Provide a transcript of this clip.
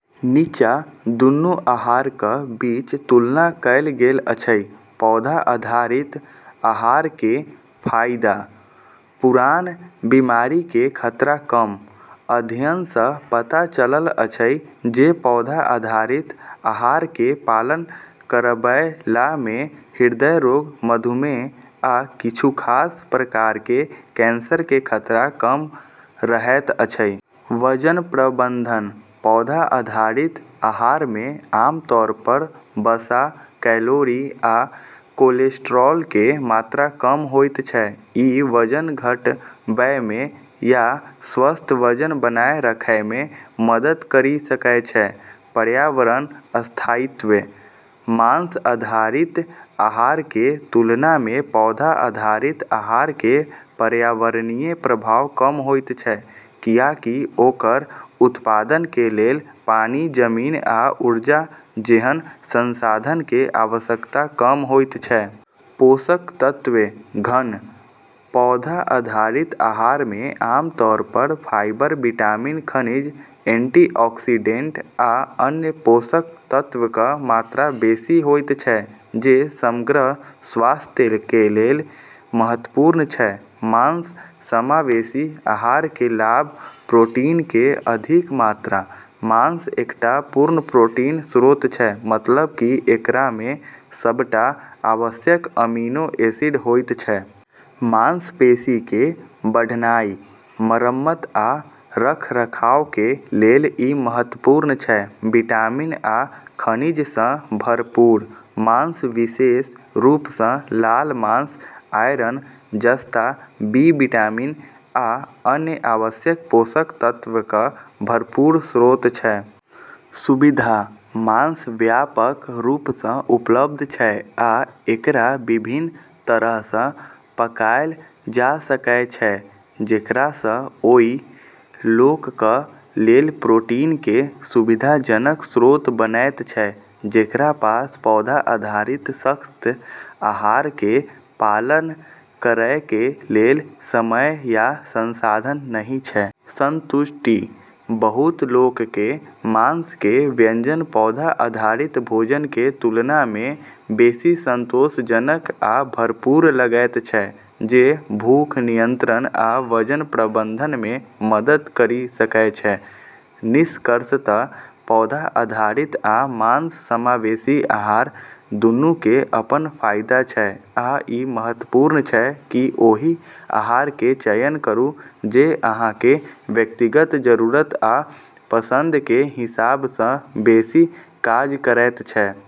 निच्चाँ दुन्नू आहारक बीच तुलना कयल गेल अछि। पौधा आधारित आहारके फाइदा: पुरान बिमारिके खतरा कम: अध्ययनसँ पता चलल अछि जे पौधा आधारित आहारके पालन करयबलामे हृदय रोग, मधुमेह, आ किछु खास प्रकारके कैंसरके खतरा कम रहैत अछि। वजन प्रबंधन: पौधा आधारित आहारमे आमतौर पर वसा, कैलोरी, आ कोलेस्ट्रॉलके मात्रा कम होइत छै। ई वजन घटबैमे या स्वस्थ वजन बनाए रखैमे मदद करि सकै छै। पर्यावरण स्थायित्व: मांस आधारित आहारके तुलनामे पौधा आधारित आहारके पर्यावरणीय प्रभाव कम होइत छै, कियाकि ओकर उत्पादनके लेल पानि, जमीन आ ऊर्जा जेहन संसाधनके आवश्यकता कम होइत छै । पोषक तत्व-घन: पौधा आधारित आहारमे आमतौर पर फाइबर, विटामिन, खनिज, एंटीऑक्सीडेंट, आ अन्य पोषक तत्वक मात्रा बेशी होइत छै जे समग्र स्वास्थ्यके लेल महत्वपूर्ण छै । मांस समावेशी आहारके लाभ: प्रोटीनके अधिक मात्रा: मांस एकटा पूर्ण प्रोटीन स्रोत छै, मतलब कि एकरामे सबटा आवश्यक अमीनो एसिड होइत छै. मांसपेशीके बढ़नाइ, मरम्मत आ रखरखावके लेल ई महत्वपूर्ण छै । विटामिन आ खनिजसँ भरपूर: मांस, विशेष रूपसँ लाल मांस, आयरन, जस्ता, बी विटामिन, आ अन्य आवश्यक पोषक तत्वक भरपूर स्रोत छै । सुविधा: मांस व्यापक रूपसँ उपलब्ध छै आ एकरा विभिन्न तरहसँ पकाएल जा सकै छै, जेकरासँ ओइ लोकक लेल प्रोटीनके सुविधाजनक स्रोत बनैत छै, जेकरा पास पौधा आधारित सख्त आहारके पालन करैके लेल समय या संसाधन नहि छै । संतुष्टि: बहुत लोकके मांसके व्यंजन पौधा आधारित भोजनके तुलनामे बेशी संतोषजनक आ भरपूर लगैत छै, जे भूख नियंत्रण आ वजन प्रबंधनमे मदद करि सकै छै । निष्कर्षतः, पौधा आधारित आ मांस-समावेशी आहार दुन्नुके अपन फाइदा छै, आ ई महत्वपूर्ण छै कि ओहि आहारके चयन करू जे अहाँके व्यक्तिगत जरूरत आ पसंदके हिसाबसँ बेशी काज करैत छै।